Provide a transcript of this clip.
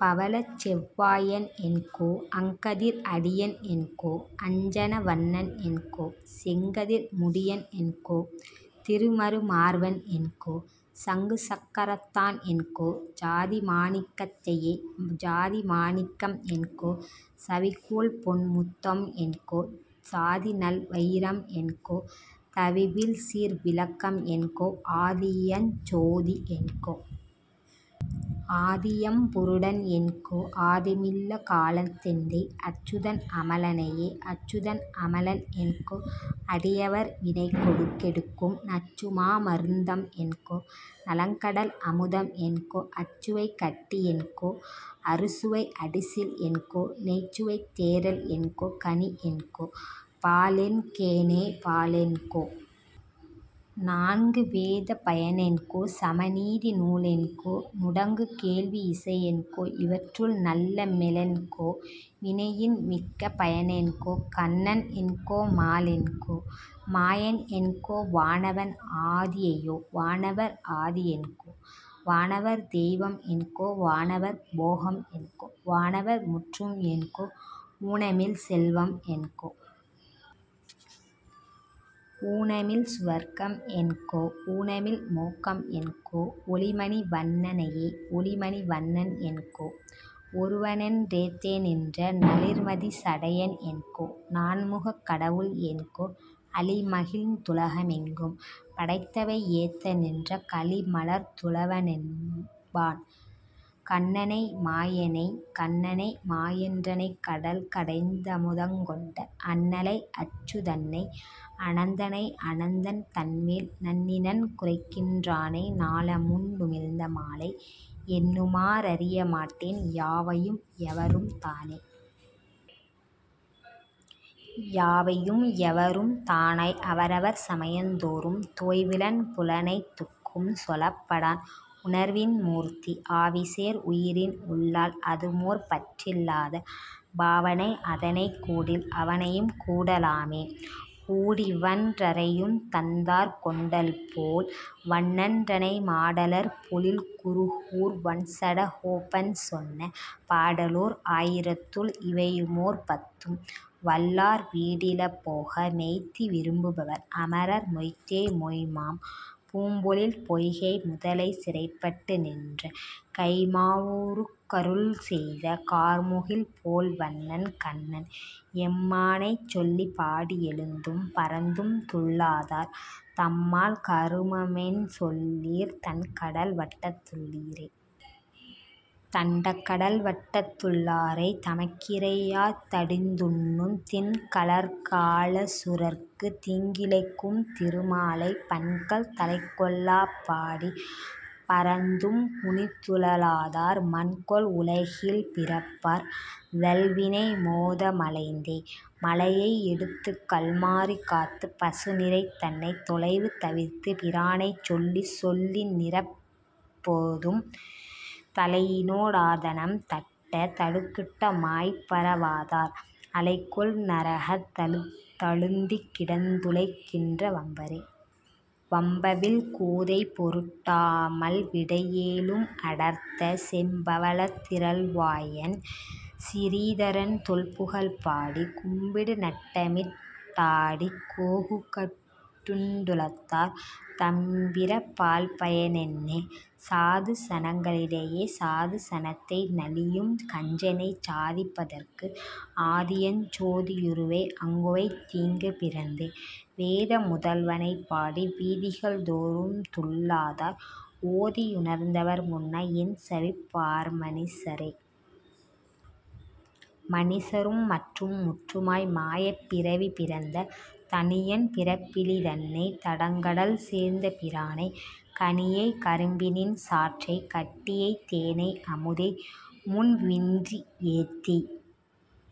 பவளச்செவ் வாயன் என்கோ, அங்கதிர் அடியன் என்கோ. அஞ்சன வண்ணன் என்கோ, செங்கதிர் முடியன் என்கோ. திருமறு மார்வன் என்கோ, சங்குசக் கரத்தன் என்கோ. சாதிமா ணிக்கத் தையே.. சாதிமா ணிக்கம் என்கோ. சவிகோள்பொன் முத்தம் என்கோ, சாதிநல் வயிரம் என்கோ, தவிவில்சீர் விளக்கம் என்கோ, ஆதியஞ் சோதி என்கோ. ஆதியம் புருடன் என்கோ, ஆதுமில் காலத் தெந்தை அச்சுதன் அமல னையே.. அச்சுதன் அமலன் என்கோ, அடியவர் வினைகெடுக்கும், நச்சுமா மருந்தம் என்கோ. நலங்கடல் அமுதம் என்கோ, அச்சுவைக் கட்டி என்கோ. அறுசுவை அடிசில் என்கோ, நெய்ச்சுவைத் தேறல் என்கோ. கனியென்கோ. பாலென் கேனோ.. பாலென்கோ. நான்கு வேதப் பயனென்கோ, சமய நீதி நூலென்கோ. நுடங்கு கேள்வி இசையென்கோ. இவற்றுள் நல்ல மேலென்கோ, வினையின் மிக்க பயனென்கோ, கண்ணன் என்கோ. மாலென்கோ. மாயன் என்கோ வானவர் ஆதி யையே.. வானவர் ஆதி என்கோ. வானவர் தெய்வம் என்கோ, வானவர் போகம் என்கோ. வானவர் முற்றும் என்கோ, ஊனமில் செல்வம் என்கோ. ஊனமில் சுவர்க்கம் என்கோ, ஊனமில் மோக்கம் என்கோ. ஒளிமணி வண்ண னையே.. ஒளிமணி வண்ணன் என்கோ. ஒருவனென் றேத்த நின்ற நளிர்மதிச் சடையன் என்கோ. நான்முகக் கடவுள் என்கோ, அளிமகிழ்ந் துலகமெல்லாம் படைத்தவை ஏத்த நின்ற, களிமலர்த் துளவ னெம்மான் கண்ணனை மாய னையே.. கண்ணனை மாயன் றன்னைக் கடல்கடைந் தமுதங் கொண்ட, அண்ணலை அச்சு தன்னை அனந்தனை அனந்தன் தன்மேல், நண்ணிநன் குறைகின் றானை ஞாலமுண் டுமிழ்ந்த மாலை, எண்ணுமா றறிய மாட்டேன், யாவையும் யவரும் தானே.. யாவையும் யவரும் தானாய் அவரவர் சமயந் தோறும், தோய்விலன் புலனைந் துக்கும் சொலப்படான் உணர்வின் மூர்த்தி, ஆவிசேர் உயிரின் உள்ளால் அதுமோர் பற்றி லாத, பாவனை அதனைக் கூடில் அவனையும் கூட லாமே. கூடிவண் டறையும் தண்தார்க்கொண்டல்போல் வண்ணன் றன்னை மாடலர் பொழில்கு ருகூர் வண்சட கோபன் சொன்ன, பாடலோர் ஆயி ரத்துள் இவையுமோர் பத்தும் வல்லார், வீடில போக மெய்தி விரும்புவர் அமரர் மொய்த்தே மொய்ம்மாம் பூம்பொழில் பொய்கை முதலைச் சிறைப்பட்டு நின்ற, கைம்மா வுக்கருள் செய்த கார்முகில் போல்வண்ணன் கண்ணன், எம்மா னைச்சொல்லிப் பாடி எழுந்தும் பறந்தும்துள் ளாதார், தம்மால் கருமமென் சொல்லீர் தண்கடல் வட்டத்துள் ளீரே.. தண்கடல் வட்டத்துள் ளாரைத் தமக்கிரை யாத்தடிந் துண்ணும், திண்கழற் காலசு ரர்க்குத் தீங்கிழைக் கும்திரு மாலை, பண்கள் தலைக்கொள்ளப் பாடிப் பறந்தும் குனித்துழ லாதார், மண்கொள் உலகில் பிறப்பார் வல்வினை மோத மலைந்தே.. மலையை யெடுத்துக்கல் மாரி காத்துப் பசுநிரை தன்னை, தொலைவு தவிர்த்த பிரானைச் சொல்லிச்சொல் லிநிறெப் போதும், தலையினோ டாதனம் தட்டத் தடுகுட்ட மாய்ப்பற வாதார், அலைகொள் நரகத் தழுந்திக் கிடந்துழைக் கின்ற வம்பரே.. வம்பவிழ் கோதை பொருட்டா மால்விடை யேழும் அடர்த்த, செம்பவ ளத்திரள் வாயன் சிரீதரன் தொல்புகழ் பாடி, கும்பிடு நட்டமிட் டாடிக் கோகுகட் டுண்டுழ லாதார், தம்பிறப் பால்பய னென்னே சாது சனங்க ளிடையே?. சாது சனத்தை நலியும் கஞ்சனைச் சாதிப்ப தற்கு, ஆதியஞ் சோதி யுருவை அங்குவைத் திங்குப் பிறந்த, வேத முதல்வனைப் பாடி வீதிகள் தோறும்துள் ளாதார், ஓதி யுணர்ந்தவர் முன்னா என்சவிப் பார்ம னிசரே?. மனிசரும் மற்றும் முற்றுமாய் மாயப் பிறவி பிறந்த, தனியன் பிறப்பிலி தன்னைத் தடங்கடல் சேர்ந்த பிரானை, கனியைக் கரும்பினின் சாற்றைக் கட்டியைத் தேனை அமுதை, முனிவின்றி ஏத்திக்